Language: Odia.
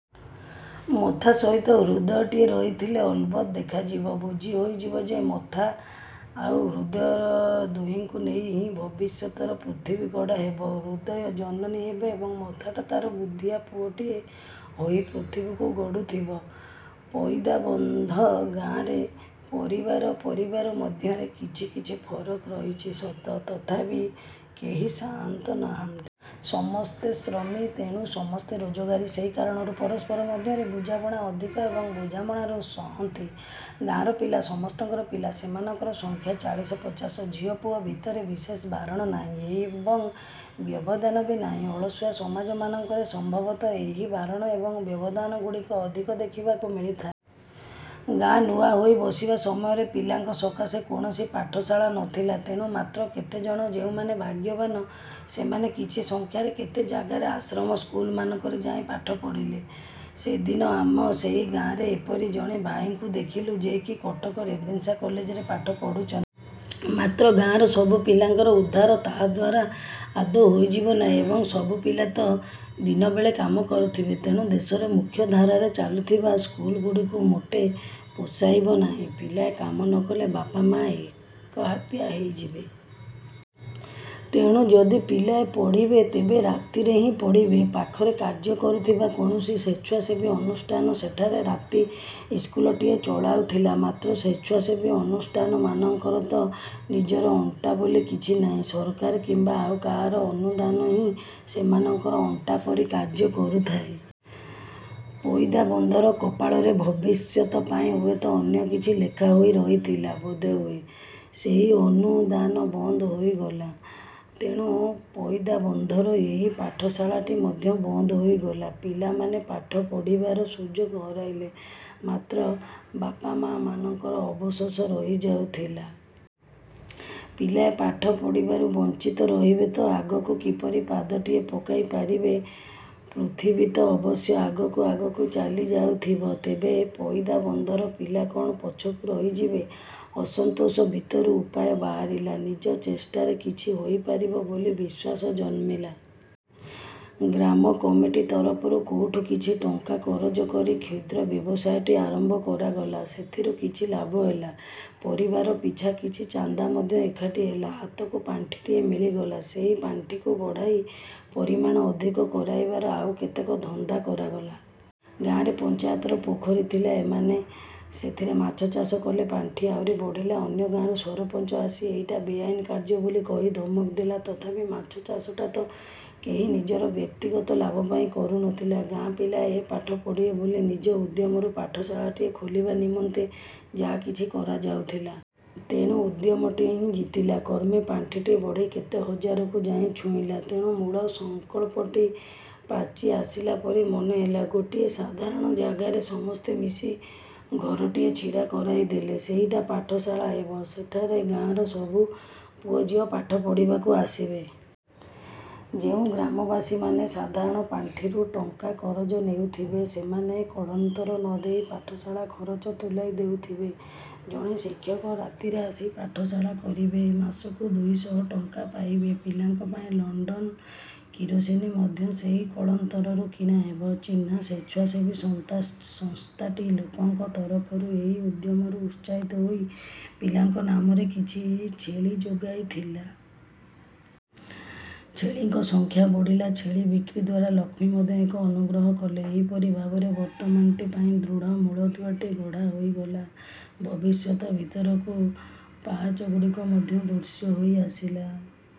ମଥାସହିତ ହୃଦୟଟିଏ ରହିଥିଲେ ଅଲବତ ଦେଖାଯିବ ବୁଝି ହୋଇଯିବ ଯେ ମଥା ଆଉ ହୃଦୟ ଦୁହିଁଙ୍କୁ ନେଇ ହିଁ ଭବିଷ୍ୟତରେ ପୃଥିବୀ ଗଢ଼ା ହେବ। ହୃଦୟ ଜନନୀ ହେବ ଏବଂ ମଥାଟା ତା'ର ବୁଦ୍ଧିଆ ପୁଅଟିଏ ହୋଇ ପୃଥିବୀକୁ ଗଢୁଥିବ। ପଇଦାବନ୍ଧ ଗାଆଁରେ ପରିବାର ପରିବାର ମଧ୍ୟରେ କିଛି କିଛି ଫରକ ରହିଛି ସତ ତଥାପି କେହି ସାଆନ୍ତ ନାହାନ୍ତି। ସମସ୍ତେ ଶ୍ରମୀ ତେଣୁ ସମସ୍ତେ ରୋଜଗାରୀ। ସେହି କାରଣରୁ ପରସ୍ପର ମଧ୍ୟରେ ବୁଝାମଣା ଅଧିକ ଏବଂ ବୁଝାମଣାରୁ ସଂହତି। ଗାଆଁର ପିଲା ସମସ୍ତଙ୍କର ପିଲା। ସେମାନଙ୍କର ସଂଖ୍ୟା ଚାଳିଶ ପଚାଶ। ଝିଅ ପୁଅ ଭିତରେ ବିଶେଷ ବାରଣ ନାହିଁ ଏବଂବ୍ୟବଧାନ ବି ନାହିଁ। ଅଳସୁଆ ସମାଜ ମାନଙ୍କରେ ସମ୍ଭବତଃ ଏହି ବାରଣ ଏବଂ ବ୍ୟବଧାନଗୁଡ଼ିକ ଅଧିକ ଦେଖିବାକୁ ମିଳିଥାଏ। ଗାଆଁ ନୂଆ ହୋଇ ବସିବା ସମୟରେ ପିଲାଙ୍କ ସକାଶେ କୌଣସି ପାଠଶାଳା ନଥିଲା। ତେଣୁ ମାତ୍ର କେତେଜଣ ଯେଉଁମାନେ ଭାଗ୍ୟବାନ ସେମାନେ କିଛି ସଂଖ୍ୟାରେ କେତେ ଜାଗାରେ ଆଶ୍ରମ ସ୍କୁଲମାନଙ୍କରେ ଯାଇ ପାଠ ପଢ଼ିଲେ। ସେଦିନ ଆମ ସେହି ଗାଆଁରେ ଏପରି ଜଣେ ଭାଇଙ୍କୁ ଦେଖିଲୁ ଯିଏକି କଟକ ରେଭେନ୍ସା କଲେଜରେ ପାଠ ପଢୁଛନ୍ତି। ମାତ୍ର ଗାଆଁର ସବୁ ପିଲାଙ୍କର ଉଦ୍ଧାର ତାହାଦ୍ଵାରା ଆଦୌ ହୋଇଯିବ ନାହିଁ। ଏବଂ ସବୁ ପିଲା ତ ଦିନ ବେଳେ କାମ କରୁଥିବେ ତେଣୁ ଦେଶରେ ମୁଖ୍ୟ ଧାରାରେ ଚାଲୁଥିବା ସ୍କୁଲଗୁଡ଼ିକୁ ମୋଟେ ପୋଷାଇବ ନାହିଁ। ପିଲାଏ କାମ ନକଲେ ବାପା, ମାଆ ଏକହାତିଆ ହଇଯିବେ। ତେଣୁ ଯଦି ପିଲାଏ ପଢ଼ିବେ ତେବେ ରାତିରେ ହିଁ ପଢ଼ିବେ। ପାଖରେ କାର୍ଯ୍ୟ କରୁଥିବା କୌଣସି ସ୍ୱେଚ୍ଛାସେବୀ ଅନୁଷ୍ଠାନ ସେଠାରେ ରାତି ଇସ୍କୁଲଟିଏ ଚଳାଉଥିଲା। ମାତ୍ର ସ୍ଵେଚ୍ଛାସେବୀ ଅନୁଷ୍ଠାନମାନଙ୍କର ତ ନିଜର ଅଣ୍ଟା ବୋଲି କିଛି ନାହିଁ। ସରକାର କିମ୍ବା ଆଉ କାହାର ଅନୁଦାନ ହିଁ ସେମାନଙ୍କର ଅଣ୍ଟା ପରି କାର୍ଯ୍ୟ କରୁଥାଏ। ପଇଦାବନ୍ଧର କପାଳରେ ଭବିଷ୍ୟତ ପାଇଁ ହୁଏତ ଅନ୍ୟ କିଛି ଲେଖା ହୋଇ ରହିଥିଲା ବୋଧହୁଏ ସେହି ଅନୁଦାନ ବନ୍ଦ ହୋଇଗଲା। ତେଣୁ ପଇଦାବନ୍ଧର ଏହି ପାଠଶାଳାଟି ମଧ୍ୟ ବନ୍ଦ ହୋଇଗଲା। ପିଲାମାନେ ପାଠ ପଢ଼ିବାର ସୁଯୋଗ ହରାଇଲେ। ମାତ୍ର ବାପା ମାଆମାନଙ୍କର ଅବଶୋଷ ରହି ଯାଉଥିଲା। ପିଲାଏ ପାଠ ପଢ଼ିବାରୁ ବଂଚିତ ରହିବେ ତ ଆଗକୁ କିପରି ପାଦଟିଏ ପକାଇ ପାରିବେ? ପୃଥିବୀତ ଅବଶ୍ୟ ଆଗକୁ ଆଗକୁ ଚାଲି ଯାଉଥିବ। ତେବେ ପଇଦାବନ୍ଧର ପିଲା କ'ଣ ପଛକୁ ରହିଯିବେ? ଅସନ୍ତୋଷ ଭିତରୁ ଉପାୟ ବାହାରିଲା। ନିଜ ଚେଷ୍ଟାରେ କିଛି ହୋଇପାରିବ ବୋଲି ବିଶ୍ୱାସ ଜନ୍ମିଲା। ଗ୍ରାମ କମିଟି ତରଫରୁ କୋଉଠୁ କିଛି ଟଙ୍କା କରଜ କରି କ୍ଷୁଦ୍ର ବ୍ୟବସାୟଟିଏ ଆରମ୍ଭ କରାଗଲା। ସେଥିରୁ କିଛି ଲାଭ ହେଲା। ପରିବାର ପିଛା କିଛି ଚାନ୍ଦା ମଧ୍ୟ ଏକାଠି ହେଲା। ହାତକୁ ପାଣ୍ଠିଟିଏ ମିଳିଗଲା। ସେହି ପାଣ୍ଠିକୁ ବଢ଼ାଇ ପରିମାଣ ଅଧିକ କରାଇବାରେ ଆଉ କେତେକ ଧନ୍ଦା କରାଗଲା। ଗାଆଁରେ ପଞ୍ଚାୟତର ପୋଖରୀ ଥିଲା ଏମାନେ ସେଥିରେ ମାଛଚାଷ କଲେ ପାଣ୍ଠି ଆହୁରି ବଢ଼ିଲା। ଅନ୍ୟ ଗାଆଁରୁ ସରପଞ୍ଚ ଆସି ଏଇଟା ବେଆଇନ କାର୍ଯ୍ୟ ବୋଲି କହି ଧମକ ଦେଲା ତଥାପି ମାଛଚାଷଟା ତ କେହି ନିଜର ବ୍ୟକ୍ତିଗତ ଲାଭ ପାଇଁ କରୁନଥିଲା? ଗାଆଁ ପିଲାଏ ପାଠ ପଢ଼ିବେ ବୋଲି ନିଜ ଉଦ୍ୟମରୁ ପାଠଶାଳାଟିଏ ଖୋଲିବା ନିମନ୍ତେ ଯାହା କିଛି କରାଯାଉଥିଲା। ତେଣୁ ଉଦ୍ୟମଟି ହିଁ ଜିତିଲା। କ୍ରମେ ପାଣ୍ଠିଟି ବଢ଼ି କେତେ ହଜାରକୁ ଯାଇ ଛୁଇଁଲା। ତେଣୁ ମୂଳ ସଂକଳ୍ପଟି ପାଚି ଆସିଲା ପରି ମନେହେଲା। ଗୋଟିଏ ସାଧାରଣ ଜାଗାରେ ସମସ୍ତେ ମିଶି ଘରଟିଏ ଛିଡ଼ା କରାଇଦେଲେ। ସେଇଟା ପାଠଶାଳା ହେବ। ସେଠାରେ ଗାଆଁର ସବୁ ପୁଅଝିଅ ପାଠ ପଢ଼ିବାକୁ ଆସିବେ। ଯେଉଁ ଗ୍ରାମବାସୀମାନେ ସାଧାରଣ ପାଣ୍ଠିରୁ ଟଙ୍କା କରଜ ନେଉଥିବେ ସେମାନେ କଳନ୍ତର ନଦେଇ ପାଠଶାଳା ଖରଚ ତୁଲାଇ ଦେଉଥିବେ। ଜଣେ ଶିକ୍ଷକ ରାତିରେ ଆସି ପାଠଶାଳା କରିବେ। ମାସକୁ ଦୁଇଶହ ଟଙ୍କା ପାଇବେ। ପିଲାଙ୍କ ପାଇଁ ଲଣ୍ଡନ କିରୋସିନି ମଧ୍ୟ ସେଇ କଳନ୍ତରରୁ କିଣାହେବ। ଚିହ୍ନା ସ୍ୱେଚ୍ଛାସେବୀ ସନ୍ଥା ସଂସ୍ଥାଟି ଲୋକଙ୍କ ତରଫରୁ ଏହି ଉଦ୍ୟମରୁ ଉତ୍ସାହିତ ହୋଇ ପିଲାଙ୍କ ନାମରେ କିଛି ଛେଳି ଯୋଗାଇଥିଲା। ଛେଳିଙ୍କ ସଂଖ୍ୟା ବଢ଼ିଲା। ଛେଳି ବିକ୍ରିଦ୍ଵାରା ଲକ୍ଷ୍ମୀ ମଧ୍ୟ ଏକ ଅନୁଗ୍ରହ କଲେ। ଏହିପରି ଭାବରେ ବର୍ତ୍ତମାନଟି ପାଇଁ ଦୃଢ଼ ମୁଳଦୁଆଟିଏ ଗଢ଼ା ହୋଇଗଲା। ଭବିଷ୍ୟତ ଭିତରକୁ ପାହାଚଗୁଡ଼ିକ ମଧ୍ୟ ଦୃଶ୍ୟ ହୋଇ ଆସିଲା।